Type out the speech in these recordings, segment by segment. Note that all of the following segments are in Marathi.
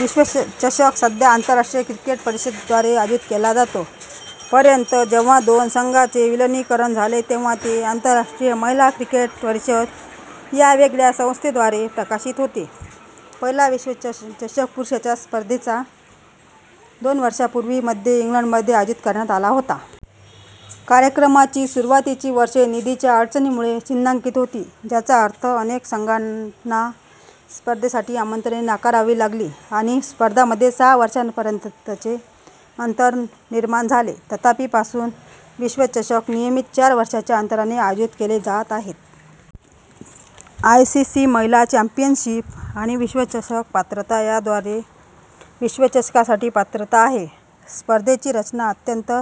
विश्वचषक सध्या आंतरराष्ट्रीय क्रिकेट परिषद द्वारे आयोजित केला जातो. पर्यंत, जेव्हा दोन संस्थांचे विलीनीकरण झाले, तेव्हा ते आंतरराष्ट्रीय महिला क्रिकेट परिषद या वेगळ्या संस्थेद्वारे प्रशासित होते. पहिला विश्वचषक पुरुषांच्या स्पर्धेच्या दोन वर्षांपूर्वी, मध्ये इंग्लंडमध्ये आयोजित करण्यात आला होता. कार्यक्रमाची सुरुवातीची वर्षे निधीच्या अडचणींमुळे चिन्हांकित होती, ज्याचा अर्थ अनेक संघांना स्पर्धेसाठी आमंत्रणे नाकारावी लागली आणि स्पर्धांमध्ये सहा वर्षांपर्यंतचे अंतर निर्माण झाले. तथापि, पासून विश्वचषक नियमित चार वर्षांच्या अंतराने आयोजित केले जात आहेत. आयसीसी महिला चॅम्पियनशिप आणि विश्वचषक पात्रता याद्वारे विश्वचषकासाठी पात्रता आहे. स्पर्धेची रचना अत्यंत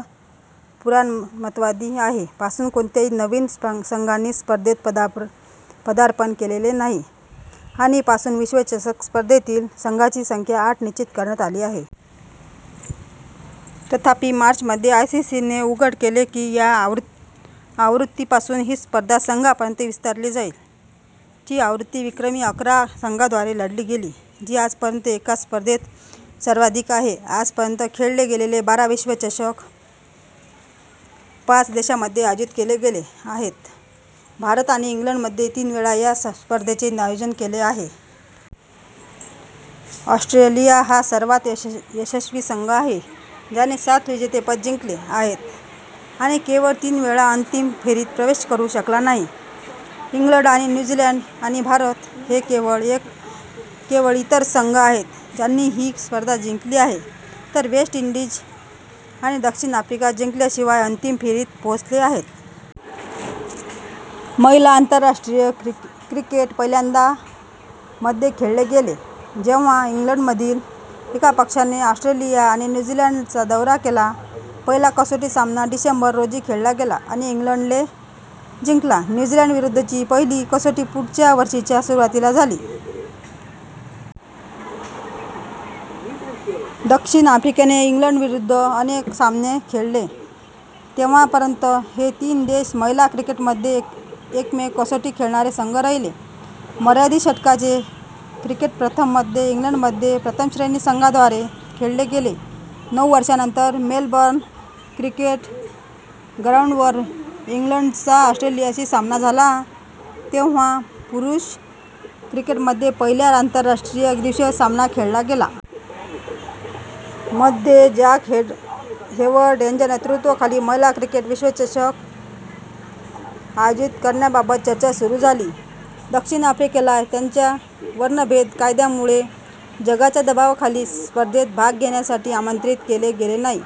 पुराणमतवादी आहे – पासून कोणत्याही नवीन संघांनी स्पर्धेत पदार्पण केलेले नाही आणि पासून विश्वचषक स्पर्धेतील संघांची संख्या आठ निश्चित करण्यात आली आहे. तथापि, मार्च मध्ये, आयसीसीने उघड केले की च्या आवृत्तीपासून ही स्पर्धा संघांपर्यंत विस्तारली जाईल. ची आवृत्ती विक्रमी अकरा संघांद्वारे लढली गेली, जी आजपर्यंतच्या एका स्पर्धेत सर्वाधिक आहे. आजपर्यंत खेळले गेलेले बारा विश्वचषक पाच देशांमध्ये आयोजित केले गेले आहेत, भारत आणि इंग्लंडने तीन वेळा या स्पर्धेचे आयोजन केले आहे. ऑस्ट्रेलिया हा सर्वात यशस्वी संघ आहे, ज्याने सात विजेतेपद जिंकले आहेत आणि केवळ तीन वेळा अंतिम फेरीत प्रवेश करू शकला नाही. इंग्लंड आणि न्यू झीलंड आणि भारत हे केवळ इतर संघ आहेत ज्यांनी ही स्पर्धा जिंकली आहे, तर वेस्ट इंडीज आणि दक्षिण आफ्रिका जिंकल्याशिवाय अंतिम फेरीत पोहोचले आहेत. महिला आंतरराष्ट्रीय क्रिकेट पहिल्यांदा मध्ये खेळले गेले, जेव्हा इंग्लंडमधील एका पक्षाने ऑस्ट्रेलिया आणि न्यू झीलंडचा दौरा केला. पहिला कसोटी सामना - डिसेंबर रोजी खेळला गेला आणि इंग्लंडने जिंकला. न्यू झीलंडविरुद्धची पहिली कसोटी पुढच्या वर्षीच्या सुरुवातीला झाली. दक्षिण आफ्रिकेने इंग्लंडविरुद्ध अनेक सामने खेळले तेव्हा पर्यंत हे तीन देश महिला क्रिकेटमध्ये एकमेव कसोटी खेळणारे संघ राहिले. मर्यादित षटकांचे क्रिकेट प्रथम मध्ये इंग्लंडमध्ये प्रथम श्रेणी संघांद्वारे खेळले गेले. नऊ वर्षांनंतर, मेलबर्न क्रिकेट ग्राउंडवर इंग्लंडचा ऑस्ट्रेलियाशी सामना झाला तेव्हा पुरुष क्रिकेटमध्ये पहिला आंतरराष्ट्रीय एकदिवसीय सामना खेळला गेला. मध्ये जॅक हेवर्ड यांच्या नेतृत्वाखाली महिला क्रिकेट विश्वचषक आयोजित करण्याबाबत चर्चा सुरू झाली. दक्षिण आफ्रिकेला त्यांच्या वर्णभेद कायद्यामुळे जगाच्या दबावाखाली, स्पर्धेत भाग घेण्यासाठी आमंत्रित केले गेले नाही.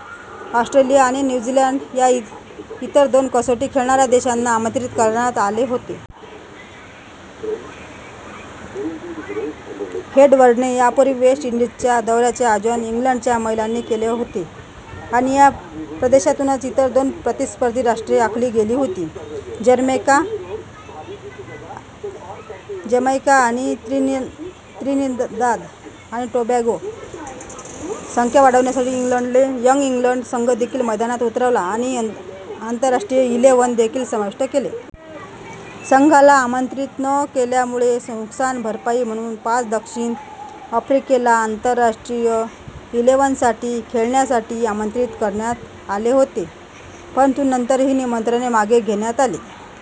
ऑस्ट्रेलिया आणि न्यू झीलंड या इतर दोन कसोटी खेळणाऱ्या देशांना आमंत्रित करण्यात आले होते. हेवर्डने यापूर्वी वेस्ट इंडीजच्या दौऱ्यांचे आयोजन इंग्लंडच्या महिलांनी केले होते आणि या प्रदेशातूनच इतर दोन प्रतिस्पर्धी राष्ट्रे आखली गेली होती; जमैका आणि त्रिनिदाद आणि टोबॅगो. संख्या वाढवण्यासाठी, इंग्लंडने " यंग इंग्लंड " संघ देखील मैदानात उतरवला आणि " आंतरराष्ट्रीय इलेव्हन " देखील समाविष्ट केले. संघाला आमंत्रित न केल्यामुळे नुकसान भरपाई म्हणून पाच दक्षिण आफ्रिकेला आंतरराष्ट्रीय इलेव्हनसाठी खेळण्यासाठी आमंत्रित करण्यात आले होते, परंतु नंतर ही निमंत्रणे मागे घेण्यात आली.।